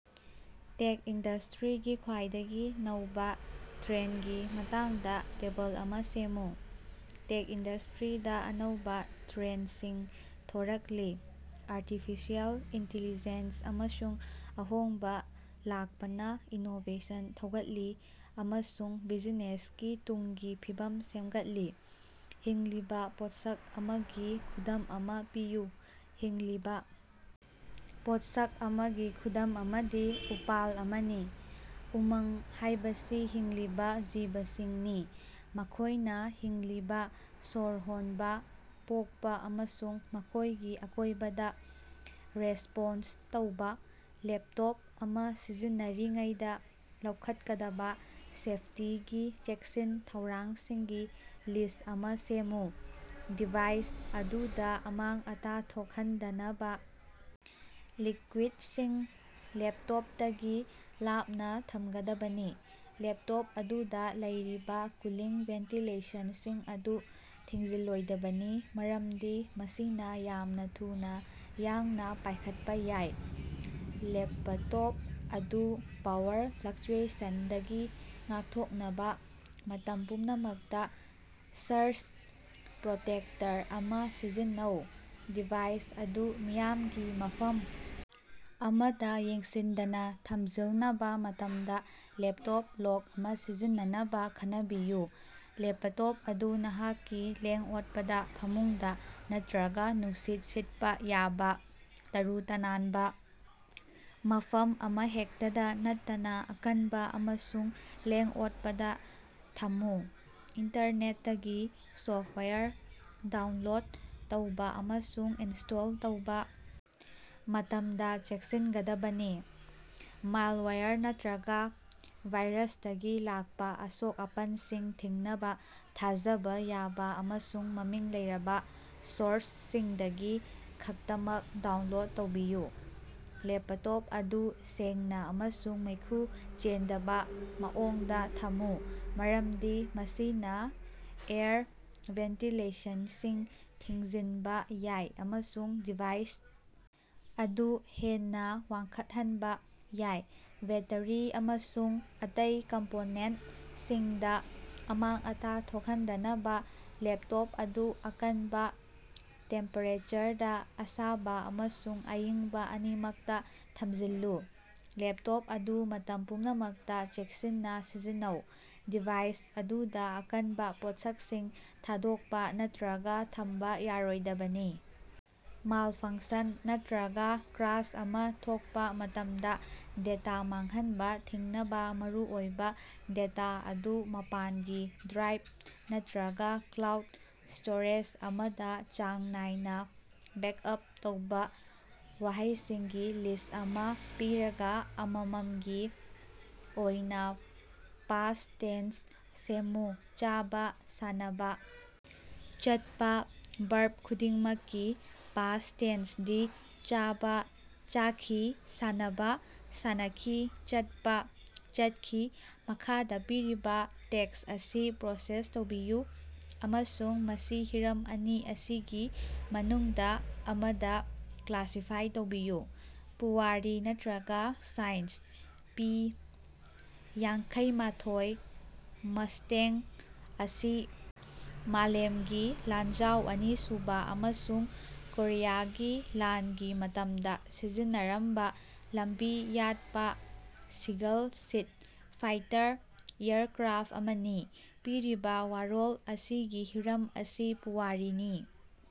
ꯇꯦꯛ ꯏꯟꯗꯁꯇ꯭ꯔꯤꯒꯤ ꯈ꯭ꯋꯥꯏꯗꯒꯤ ꯅꯧꯕ ꯇ꯭ꯔꯦꯟꯗꯒꯤ ꯃꯇꯥꯡꯗꯥ ꯇꯦꯕꯜ ꯑꯃ ꯁꯦꯝꯃꯨ꯫ ꯇꯦꯛ ꯏꯟꯗꯁꯇ꯭ꯔꯤꯗ ꯑꯅꯧꯕ ꯇ꯭ꯔꯦꯟꯗꯁꯤꯡ ꯊꯣꯔꯛꯂꯤ: ꯑꯥꯔꯇꯤꯐꯤꯁꯤꯌꯦꯜ ꯏꯟꯇꯤꯂꯤꯖꯦꯟꯁ ꯑꯃꯁꯨꯡ ꯑꯍꯣꯡꯕ ꯂꯥꯛꯄꯅ ꯏꯅꯣꯕꯦꯁꯟ ꯊꯧꯒꯠꯂꯤ ꯑꯃꯁꯨꯡ ꯕꯤꯖꯤꯅꯦꯁꯀꯤ ꯇꯨꯡꯒꯤ ꯐꯤꯕꯝ ꯁꯦꯝꯒꯠꯂꯤ꯫ ꯍꯤꯡꯂꯤꯕ ꯄꯣꯠꯁꯛ ꯑꯃꯒꯤ ꯈꯨꯗꯝ ꯑꯃ ꯄꯤꯌꯨ꯫ ꯍꯤꯡꯂꯤꯕ ꯄꯣꯠꯁꯛ ꯑꯃꯒꯤ ꯈꯨꯗꯝ ꯑꯃꯗꯤ ꯎꯄꯥꯜ ꯑꯃꯅꯤ꯫ ꯎꯃꯪ ꯍꯥꯢꯕꯁꯤ ꯍꯤꯡꯂꯤꯕ ꯖꯤꯕꯁꯤꯡꯅꯤ, ꯃꯈꯣꯢꯅ ꯍꯤꯡꯂꯤꯕ, ꯁꯣꯔ ꯍꯣꯟꯕ, ꯄꯣꯛꯄ ꯑꯃꯁꯨꯡ ꯃꯈꯣꯢꯒꯤ ꯑꯀꯣꯢꯕꯗ ꯔꯦꯁꯄꯣꯟꯁ ꯇꯧꯕ꯫ ꯂꯦꯞꯇꯣꯞ ꯑꯃ ꯁꯤꯖꯤꯟꯅꯔꯤꯉꯩꯗ ꯂꯧꯈꯠꯀꯗꯕ ꯁꯦꯐꯇꯤꯒꯤ ꯆꯦꯛꯁꯤꯟ-ꯊꯧꯔꯥꯡꯁꯤꯡꯒꯤ ꯂꯤꯁ꯭ꯠ ꯑꯃ ꯁꯦꯝꯃꯨ꯫ ꯗꯤꯚꯥꯏꯁ ꯑꯗꯨꯗ ꯑꯃꯥꯡ-ꯑꯇꯥ ꯊꯣꯛꯍꯟꯗꯅꯕ ꯂꯤꯛꯀꯨꯏꯗꯁꯤꯡ ꯂꯦꯞꯇꯣꯞꯗꯒꯤ ꯂꯥꯞꯅ ꯊꯝꯒꯗꯕꯅꯤ꯫ ꯂꯦꯞꯇꯣꯞ ꯑꯗꯨꯗ ꯂꯩꯔꯤꯕ ꯀꯨꯂꯤꯡ ꯚꯦꯟꯇꯤꯂꯦꯁꯟꯁꯤꯡ ꯑꯗꯨ ꯊꯤꯡꯖꯤꯜꯂꯣꯏꯗꯕꯅꯤ ꯃꯔꯝꯗꯤ ꯃꯁꯤꯅ ꯌꯥꯝꯅ ꯊꯨꯅ ꯌꯥꯡꯅ ꯄꯥꯢꯈꯠꯄ ꯌꯥꯏ꯫ ꯂꯦꯄꯇꯣꯞ ꯑꯗꯨ ꯄꯥꯋꯔ ꯐ꯭ꯂꯛꯆꯨꯌꯦꯁꯟꯗꯒꯤ ꯉꯥꯛꯊꯣꯛꯅꯕ ꯃꯇꯝ ꯄꯨꯝꯅꯃꯛꯇ ꯁꯔꯖ ꯄ꯭ꯔꯣꯇꯦꯛꯇꯔ ꯑꯃ ꯁꯤꯖꯤꯟꯅꯧ꯫ ꯗꯤꯚꯥꯏꯁ ꯑꯗꯨ ꯃꯤꯌꯥꯝꯒꯤ ꯃꯐꯝ ꯑꯃꯗ ꯌꯦꯡꯁꯤꯟꯗꯅ ꯊꯝꯖꯤꯜꯅꯕ ꯃꯇꯝꯗ ꯂꯦꯞꯇꯣꯞ ꯂꯣꯛ ꯑꯃ ꯁꯤꯖꯤꯟꯅꯅꯕ ꯈꯟꯅꯕꯤꯌꯨ꯫ ꯂꯦꯄꯇꯣꯞ ꯑꯗꯨ ꯅꯍꯥꯛꯀꯤ ꯂꯦꯡ-ꯑꯣꯠꯄꯗ, ꯐꯃꯨꯡꯗ ꯅꯠꯇ꯭ꯔꯒ ꯅꯨꯡꯁꯤꯠ ꯁꯤꯠꯄ ꯌꯥꯕ ꯇꯔꯨ-ꯇꯅꯥꯟꯕ ꯃꯐꯝ ꯑꯃꯍꯦꯛꯇꯗ ꯅꯠꯇꯅ ꯑꯀꯟꯕ ꯑꯃꯁꯨꯡ ꯂꯦꯡ-ꯑꯣꯠꯄꯗ ꯊꯝꯃꯨ꯫ ꯏꯟꯇꯔꯅꯦꯠꯇꯒꯤ ꯁꯣꯐꯋꯥꯌꯔ ꯗꯥꯎꯟꯂꯣꯗ ꯇꯧꯕ ꯑꯃꯁꯨꯡ ꯏꯟꯁ꯭ꯇꯣꯜ ꯇꯧꯕ ꯃꯇꯝꯗ ꯆꯦꯛꯁꯤꯟꯒꯗꯕꯅꯤ꯫ ꯃꯥꯏꯜꯋꯥꯌꯔ ꯅꯠꯇ꯭ꯔꯒ ꯚꯥꯏꯔꯁꯇꯒꯤ ꯂꯥꯛꯄ ꯑꯁꯣꯛ-ꯑꯄꯟꯁꯤꯡ ꯊꯤꯡꯅꯕ ꯊꯥꯖꯕ ꯌꯥꯕ ꯑꯃꯁꯨꯡ ꯃꯃꯤꯡ ꯂꯩꯔꯕ ꯁꯣꯔꯁꯁꯤꯡꯗꯒꯤ ꯈꯛꯇꯃꯛ ꯗꯥꯎꯟꯂꯣꯗ ꯇꯧꯕꯤꯌꯨ꯫ ꯂꯦꯄꯇꯣꯞ ꯑꯗꯨ ꯁꯦꯡꯅ ꯑꯃꯁꯨꯡ ꯃꯩꯈꯨ ꯆꯦꯟꯗꯕ ꯃꯑꯣꯡꯗ ꯊꯝꯃꯨ, ꯃꯔꯝꯗꯤ ꯃꯁꯤꯅ ꯑꯦꯌꯔ ꯚꯦꯟꯇꯤꯂꯦꯁꯟꯁꯤꯡ ꯊꯤꯡꯖꯤꯟꯕ ꯌꯥꯏ ꯑꯃꯁꯨꯡ ꯗꯤꯚꯥꯏꯁ ꯑꯗꯨ ꯍꯦꯟꯅ ꯋꯥꯡꯈꯠꯍꯟꯕ ꯌꯥꯏ꯫ ꯕꯦꯠꯇꯔꯤ ꯑꯃꯁꯨꯡ ꯑꯇꯩ ꯀꯝꯄꯣꯅꯦꯟꯇꯁꯤꯡꯗ ꯑꯃꯥꯡ-ꯑꯇꯥ ꯊꯣꯛꯍꯟꯗꯅꯕ ꯂꯦꯞꯇꯣꯞ ꯑꯗꯨ ꯑꯀꯟꯕ ꯇꯦꯝꯄꯦꯔꯦꯆꯔꯗ, ꯑꯁꯥꯕ ꯑꯃꯁꯨꯡ ꯑꯏꯪꯕ ꯑꯅꯤꯃꯛꯇ ꯊꯝꯖꯤꯜꯂꯨ꯫ ꯂꯦꯞꯇꯣꯞ ꯑꯗꯨ ꯃꯇꯝ ꯄꯨꯝꯅꯃꯛꯇ ꯆꯦꯛꯁꯤꯟꯅ ꯁꯤꯖꯤꯟꯅꯧ꯫ ꯗꯤꯚꯥꯏꯁ ꯑꯗꯨꯗꯥ ꯑꯀꯟꯕ ꯄꯣꯠꯁꯛꯁꯤꯡ ꯊꯥꯗꯣꯛꯄ ꯅꯠꯇ꯭ꯔꯒ ꯊꯝꯕ ꯌꯥꯔꯣꯏꯗꯕꯅꯤ꯫ ꯃꯥꯜꯐꯪꯁꯟ ꯅꯠꯇ꯭ꯔꯒ ꯀ꯭ꯔꯥꯁ ꯑꯃ ꯊꯣꯛꯄ ꯃꯇꯝꯗ ꯗꯦꯇꯥ ꯃꯥꯡꯍꯟꯕ ꯊꯤꯡꯅꯕ ꯃꯔꯨꯑꯣꯏꯕ ꯗꯦꯇꯥ ꯑꯗꯨ ꯃꯄꯥꯟꯒꯤ ꯗ꯭ꯔꯥꯏꯚ ꯅꯠꯇ꯭ꯔꯒ ꯀ꯭ꯂꯥꯎꯗ ꯁ꯭ꯇꯣꯔꯦꯖ ꯑꯃꯗ ꯆꯥꯡ ꯅꯥꯏꯅ ꯕꯦꯛꯑꯞ ꯇꯧꯕ꯫ ꯋꯥꯍꯩꯁꯤꯡꯒꯤ ꯂꯤꯁ꯭ꯠ ꯑꯃ ꯄꯤꯔꯒ, ꯑꯃꯃꯝꯒꯤ ꯑꯣꯏꯅ ꯄꯥꯁꯠ ꯇꯦꯟꯁ ꯁꯦꯝꯃꯨ꯫ ꯆꯥꯕ, ꯁꯥꯟꯅꯕ, ꯆꯠꯄ꯫ ꯚꯔꯕ ꯈꯨꯗꯤꯡꯃꯛꯀꯤ ꯄꯥꯁꯠ ꯇꯦꯟꯁꯗꯤ: ꯆꯥꯕ: ꯆꯥꯈꯤ, ꯁꯥꯟꯅꯕ: ꯁꯥꯟꯅꯈꯤ, ꯆꯠꯄ: ꯆꯠꯈꯤ꯫ ꯃꯈꯥꯗ ꯄꯤꯔꯤꯕ ꯇꯦꯛꯁ ꯑꯁꯤ ꯄ꯭ꯔꯣꯁꯦꯁ ꯇꯧꯕꯤꯌꯨ ꯑꯃꯁꯨꯡ ꯃꯁꯤ ꯍꯤꯔꯝ ꯑꯅꯤ ꯑꯁꯤꯒꯤ ꯃꯅꯨꯡꯗ ꯑꯃꯗ ꯀ꯭ꯂꯥꯁꯤꯐꯥꯏ ꯇꯧꯕꯤꯌꯨ: ꯄꯨꯋꯥꯔꯤ ꯅꯠꯇ꯭ꯔꯒ ꯁꯥꯏꯟꯁ꯫ ꯄꯤ- ꯌꯥꯡꯈꯩꯃꯥꯊꯣꯏ ꯃꯁꯇꯦꯡ ꯑꯁꯤ ꯃꯥꯂꯦꯝꯒꯤ ꯂꯥꯟꯖꯥꯎ ꯑꯅꯤꯁꯨꯕ ꯑꯃꯁꯨꯡ ꯀꯣꯔꯤꯌꯥꯒꯤ ꯂꯥꯟꯒꯤ ꯃꯇꯝꯗ ꯁꯤꯖꯤꯟꯅꯔꯝꯕ ꯂꯝꯕꯤ ꯌꯥꯠꯄ ꯁꯤꯒꯜ ꯁꯤꯠ ꯐꯥꯏꯇꯔ ꯑꯦꯌꯔꯀ꯭ꯔꯥꯐ ꯑꯃꯅꯤ꯫ ꯄꯤꯔꯤꯕ ꯋꯥꯔꯣꯜ ꯑꯁꯤꯒꯤ ꯍꯤꯔꯝ ꯑꯁꯤ ꯄꯨꯋꯥꯔꯤꯅꯤ꯫